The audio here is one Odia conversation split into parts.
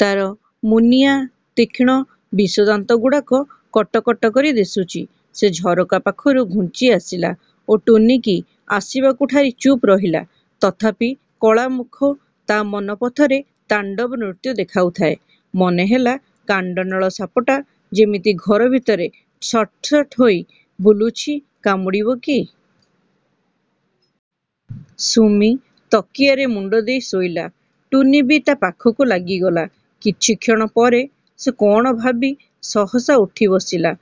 ତାର ମୁନିଆ ତୀକ୍ଷ୍ଣ ବିଷଦାନ୍ତଗୁଡାକ କଟ କଟ କରି ଦିଶୁଚି। ସେ ଝରକା ପାଖରୁ ଘୁଞ୍ଚି ଆସିଲା ଓ ଟୁନୀକି ଆସିବାକୁ ଠାରି ଚୁପ୍ ରହିଲା-। ତଥାପି କଳା-ମୁଖ ତା' ମନପଥରେ ତାଣ୍ଡବନୃତ୍ୟ ଦେଖାଉଥାଏ। ମନେହେଲା–କାଣ୍ଡନଳ ସାପଟା ଯେମିତି ଘର ଭିତରେ ସଟ୍ସଟ୍ ହୋଇ। ବୁଲୁଛି କାମୁଡ଼ିବ କି? ସୁମି ତକିଆରେ ମୁଣ୍ଡଦେଇ ଶୋଇଲା। ଟୁନୀ ବି ତା ପାଖକୁ ଲାଗିଗଲା। କିଛିକ୍ଷଣ ପରେ ସେ କଣ ଭାବି ସହସା ଉଠି ବସିଲା।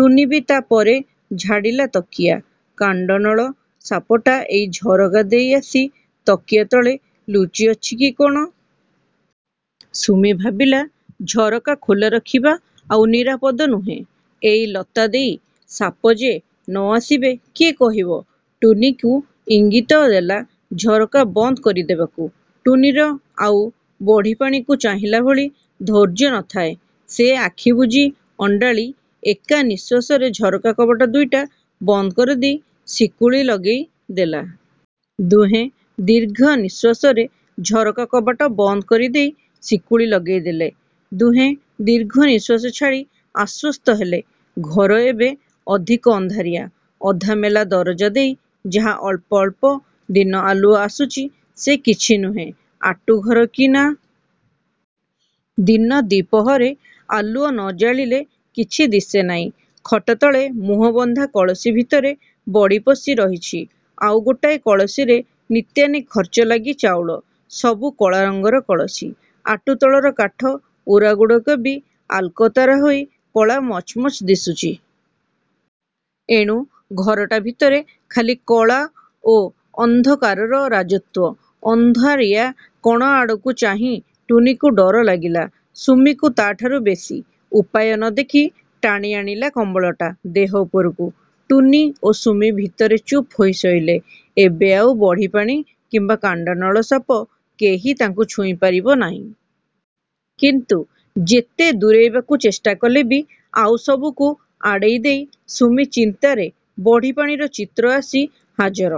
ଟୁନୀ ବି ତା ପରେ ଝାଡ଼ିଲା ତକିଆ। କାଣ୍ଡନଳ ସାପଟା ଏଇ ଝରକା ଦେଇ ଆସି ତକିଆ ତଳେ ଲୁଚିଅଛି କି କଣ? ସୁମି ଭାବିଲା–ଝରକା ଖୋଲା ରଖିବା ଆଉ ନିରାପଦ ନୁହେଁ। ଏଇ ଲତା ଦେଇ ସାପ ଯେ ନ ଆସିବେ କିଏ କହିବ। ଟୁନୀକୁ ଇଙ୍ଗିତ ଦେଲା ଝରକା ବନ୍ଦ କରିଦେବାକୁ। ଟୁନୀର ଆଉ ବଢ଼ିପାଣିକୁ ଚାହିଁଲାଭଳି ଧୈର୍ଯ୍ୟ ନଥାଏ। ସେ ଆଖି ବୁଜି ଅଣ୍ଡାଳି ଏକାନିଃଶ୍ୱାସରେ ଝରକା କବାଟ ଦୁଇଟା ବନ୍ଦ କରିଦେଇ ଶିକୁଳି ଲଗେଇ ଦେଲା। ଦୁହେଁ ଦୀର୍ଘନିଃଶ୍ୱାସରେ ଝରକା କବାଟ ବନ୍ଦ କରିଦେଇ ଶିକୁଳି ଲଗେଇ ଦେଲେ। ଦୁହେଁ ଦୀର୍ଘନିଃଶ୍ୱାସ ଛାଡ଼ି ଆଶ୍ୱସ୍ତ ହେଲେ। ଘର ଏବେ ଅଧିକ ଅନ୍ଧାରିଆ। ଅଧା ମେଲା ଦରଜା ଦେଇ ଯାହା ଅଳ୍ପ ଅଳ୍ପ ଦିନ-ଆଲୁଅ ଆସୁଚି। ସେ କିଛି ନୁହେଁ। ଆଟୁଘର କି ନା। ଦିନ ଦିପହରେ ଆଲୁଅ ନ ଜାଳିଲେ କିଛି ଦିଶେ ନାଇଁ। ଖଟତଳେ ମୁହଁ-ବନ୍ଧା କଳସି ଭିତରେ ବଡ଼ି ପଶି ରହିଛି; ଆଉ ଗୋଟାଏ କଳସିରେ ନିତ୍ୟାନି ଖର୍ଚ୍ଚ ଲାଗି ଚାଉଳ। ସବୁ କଳାରଙ୍ଗର କଳସି। ଆଟୁ ତଳର କାଠ ଉରାଗୁଡାକ ବି ଆଲ୍କାତରା ହୋଇ କଳା ମଚ୍ ମଚ୍ ଦିଶୁଚି। ଏଣୁ ଘରଟା ଭିତରେ ଖାଲି କଳା ଓ ଅନ୍ଧକାରର ରାଜତ୍ୱ। ଅନ୍ଧାରିଆ କଣଆଡ଼କୁ ଚାହିଁ ଟୁନୀକୁ ଡର ଲାଗିଲା, ସୁମିକୁ ତାଠାରୁ ବେଶି। ଉପାୟ ନଦେଖି ଟାଣିଆଣିଲା କମ୍ବଳଟା–ଦେହ ଉପରକୁ। ଟୁନୀ ଓ ସୁମି ଭିତରେ ଚୁପ୍ ହୋଇ ଶୋଇଲେ-। ଏବେ ଆଉ ବଢ଼ିପାଣି କିମ୍ବା କାଣ୍ଡନଳ ସାପ କେହି ତାଙ୍କୁ ଛୁଇଁ ପାରିବ ନାଇଁ। କିନ୍ତୁ ଯେତେ ଦୂରେଇବାକୁ ଚେଷ୍ଟା କଲେ ବି ଆଉ ସବୁକୁ ଆଡ଼େଇ ଦେଇ ସୁମି ଚିନ୍ତାରେ ବଢ଼ିପାଣିର ଚିତ୍ର ଆସି ହାଜର।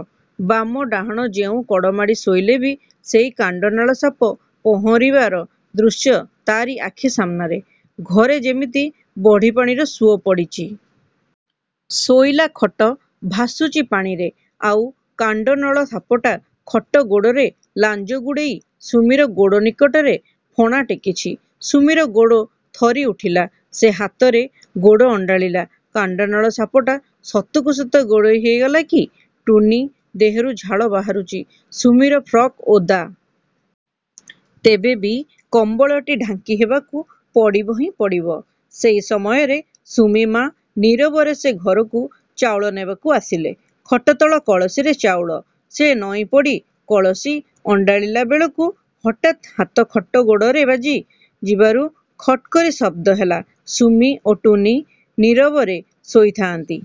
ବାମ ଡାହାଣ ଯେଉଁ କଡ଼ମାଡ଼ି ଶୋଇଲେ ବି ସେଇ କାଣ୍ଡନଳ ସାପ ପହଁରିବାର ଦୃଶ୍ୟ ତାରି ଆଖି ସାମ୍ନାରେ। ଘରେ ଯେମିତି ବଢ଼ିପାଣିର ସୁଅ ପଡ଼ିଚି-। ଶୋଇଲା ଖଟ ଭାସୁଚି ପାଣିରେ। ଆଉ କାଣ୍ଡନଳ ସାପଟା ଖଟ ଗୋଡ଼ରେ ଲାଞ୍ଜ ଗୁଡ଼େଇ ସୁମିର ଗୋଡ଼ ନିକଟରେ ଫଣା ଟେକିଛି। ସୁମିର ଗୋଡ଼ ଥରି ଉଠିଲା। ସେ ହାତରେ ଗୋଡ଼ ଅଣ୍ଡାଳିଲା। କାଣ୍ଡନଳ ସାପଟା ସତକୁ ସତ ଗୁଡ଼େଇ ହୋଇଗଲା କି? ଟୁନୀ ଦେହରୁ ଝାଳ ବାହାରୁଚି–ସୁମିର ଫ୍ରକ୍ ଓଦା। ତେବେ ବି କମ୍ବଳଟି ଢାଙ୍କିହେବାକୁ ପଡ଼ିବହିଁ ପଡ଼ିବ। ସେଇ ସମୟରେ ସୁମି-ମା ନୀରବରେ ସେ ଘରକୁ ଚାଉଳ ନେବାକୁ ଆସିଲେ। ଖଟତଳ କଳସିରେ ଚାଉଳ। ସେ ନଇଁପଡ଼ି କଳସି ଅଣ୍ଡାଳିଲାବେଳକୁ ହଠାତ୍ ହାତ ଖଟ ଗୋଡ଼ରେ ବାଜି ଯିବାରୁ ଖଟ୍କରି ଶବ୍ଦ ହେଲା। ସୁମି ଓ ଟୁନୀ ନୀରବରେ ଶୋଇଥାନ୍ତି।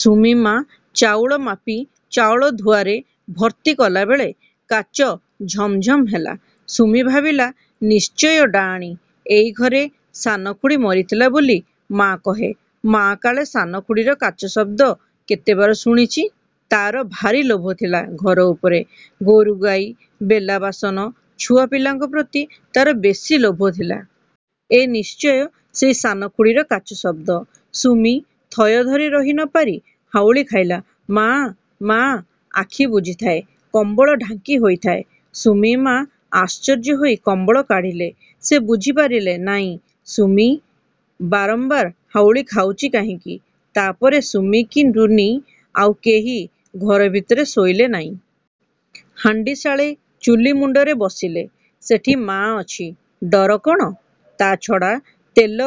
ସୁମି-ମା ଚାଉଳ ମାପି ଚାଉଳଧୁଆରେ ଭର୍ତ୍ତି କଲାବେଳେ କାଚ ଝମ୍-ଝମ୍ ହେଲା। ସୁମି ଭାବିଲା–ନିଶ୍ଚୟ ଡାଆଣି। ଏଇ ଘରେ ସାନ ଖୁଡ଼ୀ ମରିଥିଲା ବୋଲି ମା' କହେ। ମା' କାଳେ ସାନ ଖୁଡ଼ୀର କାଚ ଶବ୍ଦ କେତେବାର ଶୁଣିଚି। ତାର ଭାରି ଲୋଭଥିଲା ଘର ଉପରେ; ଗୋରୁଗାଈ, ବେଲା ବାସନ, ଛୁଆ ପିଲାଙ୍କ ପ୍ରତି ତାର ବେଶି ଲୋଭଥିଲା। ଏ ନିଶ୍ଚୟ ସେଇ ସାନ-ଖୁଡ଼ୀର କାଚ ଶବ୍ଦ। ସୁମି ଥୟ ଧରି ରହି ନପାରି ହାଉଳି ଖାଇଲା–'ମା-ମା'। ଆଖି ବୁଜିଥାଏ–କମ୍ବଳ ଢାଙ୍କି ହୋଇଥାଏ। ସୁମି-ମା ଆଶ୍ଚର୍ଯ୍ୟ ହୋଇ କମ୍ବଳ କାଢ଼ିଲେ। ସେ ବୁଝି ପାରିଲେ ନାଇଁ ସୁମି ବାରମ୍ବାର ହାଉଳି ଖାଉଚି କାହିଁକି? ତା ପରେ ସୁମି କି ଟୁନୀ ଆଉ କେହି ଘର ଭିତରେ ଶୋଇଲେ ନାଇଁ। ହାଣ୍ଡିଶାଳେ ଚୁଲିମୁଣ୍ଡରେ ବସିଲେ–। ସେଠି ମା' ଅଛି, ଡର କଣ? ତା'ଛଡ଼ା ତେଲ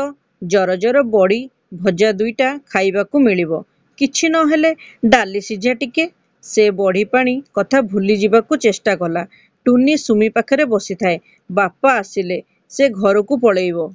ଜର ଜର ବଡ଼ି ଭଜା ଦୁଇଟା ଖାଇବାକୁ ମିଳିବ। କିଛି ନ ହେଲେ ଡାଲିସିଝା ଟିକେ। ସେ ବଢ଼ିପାଣି କଥା ଭୁଲିଯିବାକୁ ଚେଷ୍ଟା କଲା। ଟୁନୀ ସୁମି ପାଖରେ ବସିଥାଏ–ବାପା ଆସିଲେ ସେ ଘରକୁ ପଳେଇବ।